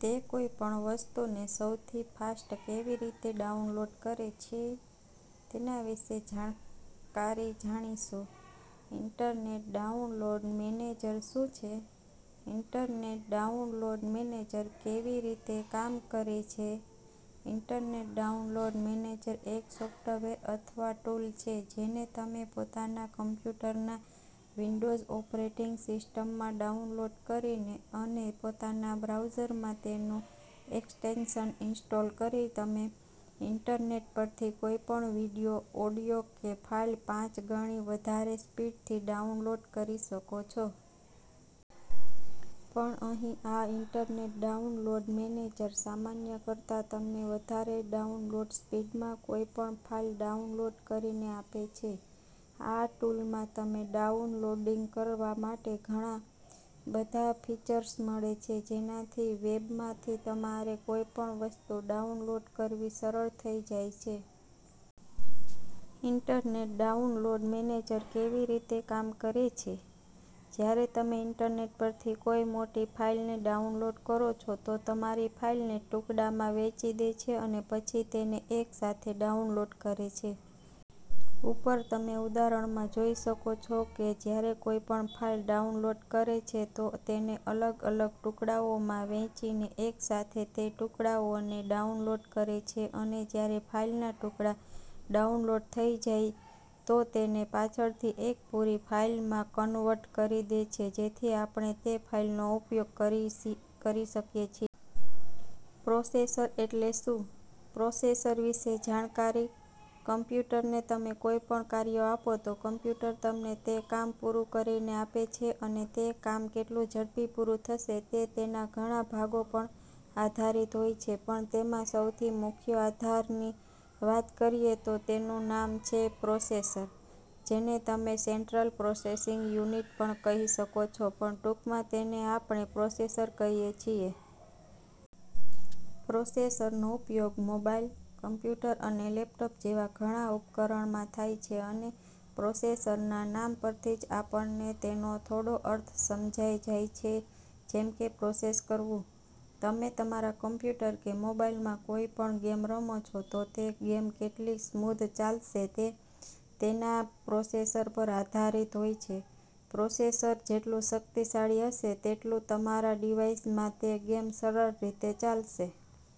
તે કોઈ પણ વસ્તુને સૌથી ફાસ્ટ કેવી રીતે ડાઉનલોડ કરે છે? તેના વિશે જાણકારી જાણીશું. ઇન્ટરનેટ ડાઉનલોડ મેનેજર શું છે? ઇન્ટરનેટ ડાઉનલોડ મેનેજર કેવી રીતે કામ કરે છે? ઇન્ટરનેટ ડાઉનલોડ મેનેજર એક સોફ્ટવેર અથવા ટૂલ છે જેને તમે પોતાના કમ્પ્યુટરના વિન્ડોઝ ઓપરેટિંગ સિસ્ટમમાં ડાઉનલોડ કરીને અને પોતાના બ્રાઉઝરમાં તેનું એક્સટેન્શન ઇન્સ્ટોલ કરીને તમે ઇન્ટરનેટ પરથી કોઈ પણ વિડિયો, ઓડિઓ કે ફાઇલ પાંચ ગણી વધારે સ્પીડથી ડાઉનલોડ કરી શકો છો. પણ અહી આ ઇન્ટરનેટ ડાઉનલોડ મેનેજર સામાન્ય કરતાં તમને વધારે ડાઉનલોડ સ્પીડમાં કોઈ પણ ફાઇલ ડાઉનલોડ કરીને આપે છે. આ ટૂલમાં તમને ડાઉનલોડીંગ કરવા માટે ઘણા બધા ફીચર્સ મળે છે જેનાથી વેબમાથી તમારે કોઈ પણ વસ્તુ ડાઉનલોડ કરવી સરળ થઈ જાય છે. ઇન્ટરનેટ ડાઉનલોડ મેનેજર કેવી રીતે કામ કરે છે? જ્યારે તમે ઇન્ટરનેટ પરથી કોઈ મોટી ફાઇલને ડાઉનલોડ કરો છો તો તમારી ફાઇલને ટુકડામાં વહેચી દે છે અને પછી તેને એક સાથે ડાઉનલોડ કરે છે. ઉપર તમે ઉદાહરણમાં જોઈ શકો છો કે જ્યારે કોઈ પણ ફાઇલ ડાઉનલોડ કરે છે તો તેને અલગ-અલગ ટુકડાઓમાં વહેંચીને એક સાથે તે ટુકડાઓને ડાઉનલોડ કરે છે અને જ્યારે તે ફાઇલના ટુકડા ડાઉનલોડ થઈ જાય તો તેને પાછળથી એક પૂરી ફાઇલમાં કન્વર્ટ કરી દે છે જેથી આપણે તે ફાઇલનો ઉપયોગ કરી શકીએ છે. પ્રોસેસર એટલે શું? પ્રોસેસર વિશે જાણકારી. કમ્પ્યુટરને તમે કોઈ પણ કાર્ય આપો તો કમ્પ્યુટર તમને તે કામ પુરુ કરીને આપે છે અને તે કામ કેટલું ઝડપી પૂરું થશે તે તેના ઘણા ભાગો પણ આધારિત હોય છે પણ તેમાં સૌથી મુખ્ય આધારની વાત કરીએ તો તેનું નામ છે પ્રોસેસર, જેને તમે "સેટ્રલ પ્રોસેસિંગ યુનિટ" પણ કહી શકો છો પણ ટૂંકમાં તેને આપણે પ્રોસેસર કહીએ છીએ. પ્રોસેસરનો ઉપયોગ મોબાઇલ, કમ્પ્યુટર અને લેપટોપ જેવા ઘણા ઉપકરણમાં થાય છે અને પ્રોસેસરના નામ પરથી જ આપણને તેનો થોડો અર્થ સમજાઈ જાય છે, જેમ કે પ્રોસેસ કરવું. તમે તમારા કમ્પ્યુટર કે મોબાઇલમાં કોઈ પણ ગેમ રમો છો તો તે ગેમ કેટલી સ્મૂધ ચાલશે તે તેના પ્રોસેસર પર આધારિત હોય છે, પ્રોસેસર જેટલું શક્તિશાળી હશે તેટલું તમારા ડિવાઇસમાં તે ગેમ સરળ રીતે ચાલશે.